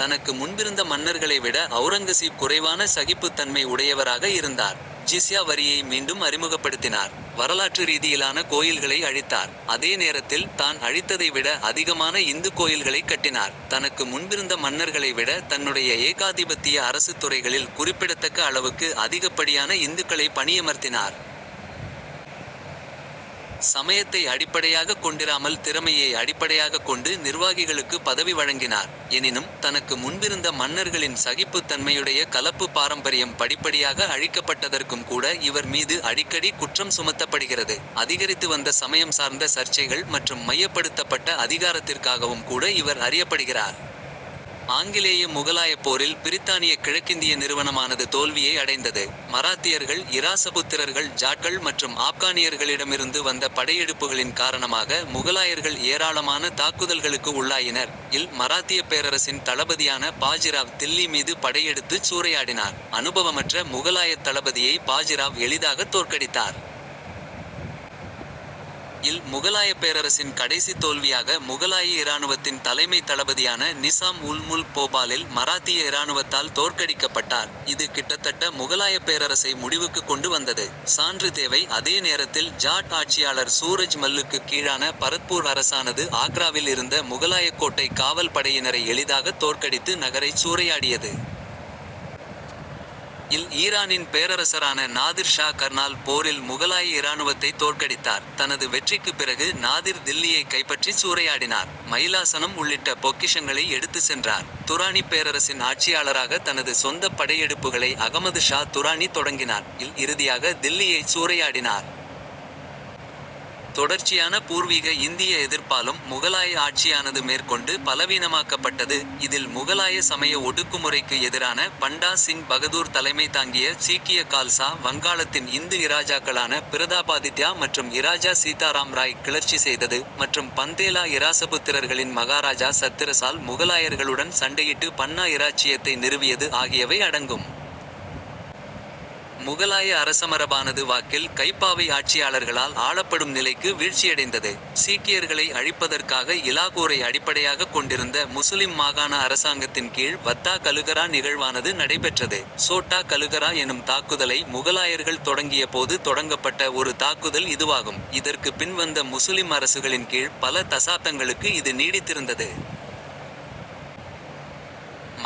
தனக்கு முன்பிருந்த மன்னர்களை விட ஔரங்கசீப் குறைவான சகிப்புத் தன்மை உடையவராக இருந்தார். ஜிஸ்யா வரியை மீண்டும் அறிமுகப்படுத்தினார். வரலாற்று ரீதியிலான கோயில்களை அழித்தார். அதே நேரத்தில், தான் அழித்ததை விட அதிகமான இந்துக் கோயில்களைக் கட்டினார். தனக்கு முன்பிருந்த மன்னர்களை விட தன்னுடைய ஏகாதிபத்திய அரசுத் துறைகளில் குறிப்பிடத்தக்க அளவுக்கு அதிகப்படியான இந்துக்களைப் பணியமர்த்தினார். சமயத்தை அடிப்படையாகக் கொண்டிராமல் திறமையை அடிப்படையாகக் கொண்டு நிர்வாகிகளுக்குப் பதவி வழங்கினார். எனினும், தனக்கு முன்பிருந்த மன்னர்களின் சகிப்புத் தன்மையுடைய கலப்புப் பாரம்பரியம் படிப்படியாக அழிக்கப்பட்டதற்கும் கூட இவர் மீது அடிக்கடி குற்றம் சுமத்தப்படுகிறது. அதிகரித்து வந்த சமயம் சார்ந்த சர்ச்சைகள் மற்றும் மையப்படுத்தப்பட்ட அதிகாரத்திற்காகவும் கூட இவர் அறியப்படுகிறார். ஆங்கிலேய முகலாயப் போரில் பிரித்தானியக் கிழக்கிந்திய நிறுவனமானது தோல்வியை அடைந்தது. மராத்தியர்கள் இராசபுத்திரர்கள் ஜாட்கள் மற்றும் ஆப்கானியர்களிடமிருந்து வந்த படையெடுப்புகளின் காரணமாக முகலாயர்கள் ஏராளமான தாக்குதல்களுக்கு உள்ளாயினர். இல் மராத்தியப் பேரரசின் தளபதியான பாஜிராவ் தில்லி மீது படையெடுத்துச் சூறையாடினார். அனுபவமற்ற முகலாயத் தளபதியை பாஜிராவ் எளிதாகத் தோற்கடித்தார். இல் முகலாயப் பேரரசின் கடைசித் தோல்வியாக முகலாய இராணுவத்தின் தலைமைத் தளபதியான நிசாம் உல் முல்க் போபாலில் மராத்திய இராணுவத்தால் தோற்கடிக்கப்பட்டார். இது கிட்டத்தட்ட முகலாயப் பேரரசை முடிவுக்குக் கொண்டு வந்தது. சான்று தேவை அதே நேரத்தில் ஜாட் ஆட்சியாளர் சூரஜ் மல்லுக்குக் கீழான பரத்பூர் அரசானது ஆக்ராவில் இருந்த முகலாயக் கோட்டைக் காவல் படையினரை எளிதாகத் தோற்கடித்து நகரைச் சூறையாடியது. இல் ஈரானின் பேரரசரான நாதிர் ஷா கர்னால் போரில் முகலாய இராணுவத்தைத் தோற்கடித்தார். தனது வெற்றிக்குப் பிறகு நாதிர் தில்லியைக் கைப்பற்றிச் சூறையாடினார். மயிலாசனம் உள்ளிட்ட பொக்கிஷங்களை எடுத்துச் சென்றார். துராணிப் பேரரசின் ஆட்சியாளராக தனது சொந்தப் படையெடுப்புகளை அகமது ஷா துராணி தொடங்கினார். இல் இறுதியாக தில்லியைச் சூறையாடினார். தொடர்ச்சியான பூர்வீக இந்திய எதிர்ப்பாலும் முகலாய ஆட்சியானது மேற்கொண்டு பலவீனமாக்கப்பட்டது. இதில் முகலாய சமய ஒடுக்குமுறைக்கு எதிரான பண்டா சிங் பகதூர் தலைமை தாங்கிய சீக்கிய கால்சா வங்காளத்தின் இந்து இராஜாக்களான பிரதாபாதித்யா மற்றும் இராஜா சீதாராம் ராய் கிளர்ச்சி செய்தது, மற்றும் பந்தேலா இராசபுத்திரர்களின் மகாராஜா சத்திரசால் முகலாயர்களுடன் சண்டையிட்டு பன்னா இராச்சியத்தை நிறுவியது ஆகியவை அடங்கும். முகலாய அரசமரபானது வாக்கில் கைப்பாவை ஆட்சியாளர்களால் ஆளப்படும் நிலைக்கு வீழ்ச்சியடைந்தது. சீக்கியர்களை அழிப்பதற்காக இலாகூரை அடிப்படையாகக் கொண்டிருந்த முசுலிம் மாகாண அரசாங்கத்தின் கீழ் வத்தா கலுகரா நிகழ்வானது நடைபெற்றது. சோட்டா கலுகரா எனும் தாக்குதலை முகலாயர்கள் தொடங்கிய போது தொடங்கப்பட்ட ஒரு தாக்குதல் இதுவாகும். இதற்குப் பின் வந்த முசுலிம் அரசுகளின் கீழ் பல தசாப்தங்களுக்கு இது நீடித்திருந்தது.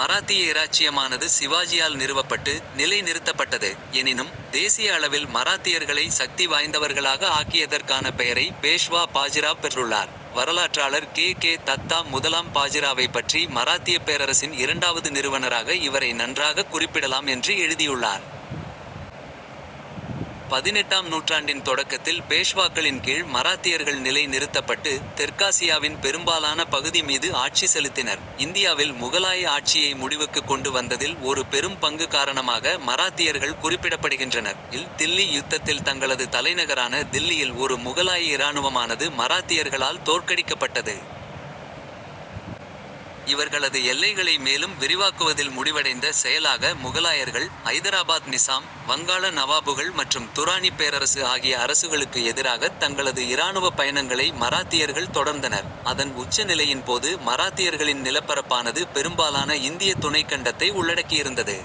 மராத்திய இராச்சியமானது சிவாஜியால் நிறுவப்பட்டு, நிலை நிறுத்தப்பட்டது. எனினும், தேசிய அளவில் மராத்தியர்களை சக்தி வாய்ந்தவர்களாக ஆக்கியதற்கான பெயரை பேஷ்வா பாஜிராவ் பெற்றுள்ளார். வரலாற்றாளர் கே. கே. தத்தா முதலாம் பாஜிராவைப் பற்றி மராத்தியப் பேரரசின் இரண்டாவது நிறுவனராக இவரை நன்றாகக் குறிப்பிடலாம் என்று எழுதியுள்ளார். பதினெட்டாம் நூற்றாண்டின் தொடக்கத்தில் பேஷ்வாக்களின் கீழ் மராத்தியர்கள் நிலை நிறுத்தப்பட்டு, தெற்காசியாவின் பெரும்பாலான பகுதி மீது ஆட்சி செலுத்தினர். இந்தியாவில் முகலாய ஆட்சியை முடிவுக்குக் கொண்டு வந்ததில் ஒரு பெரும் பங்கு காரணமாக மராத்தியர்கள் குறிப்பிடப்படுகின்றனர். இல் தில்லி யுத்தத்தில் தங்களது தலைநகரான தில்லியில் ஒரு முகலாய இராணுவமானது மராத்தியர்களால் தோற்கடிக்கப்பட்டது. இவர்களது எல்லைகளை மேலும் விரிவாக்குவதில் முடிவடைந்த செயலாக முகலாயர்கள், ஐதராபாத் நிசாம், வங்காள நவாபுகள் மற்றும் துராணிப் பேரரசு ஆகிய அரசுகளுக்கு எதிராகத் தங்களது இராணுவப் பயணங்களை மராத்தியர்கள் தொடர்ந்தனர். அதன் உச்ச நிலையின் போது மராத்தியர்களின் நிலப்பரப்பானது பெரும்பாலான இந்தியத் துணைக்கண்டத்தை உள்ளடக்கியிருந்தது.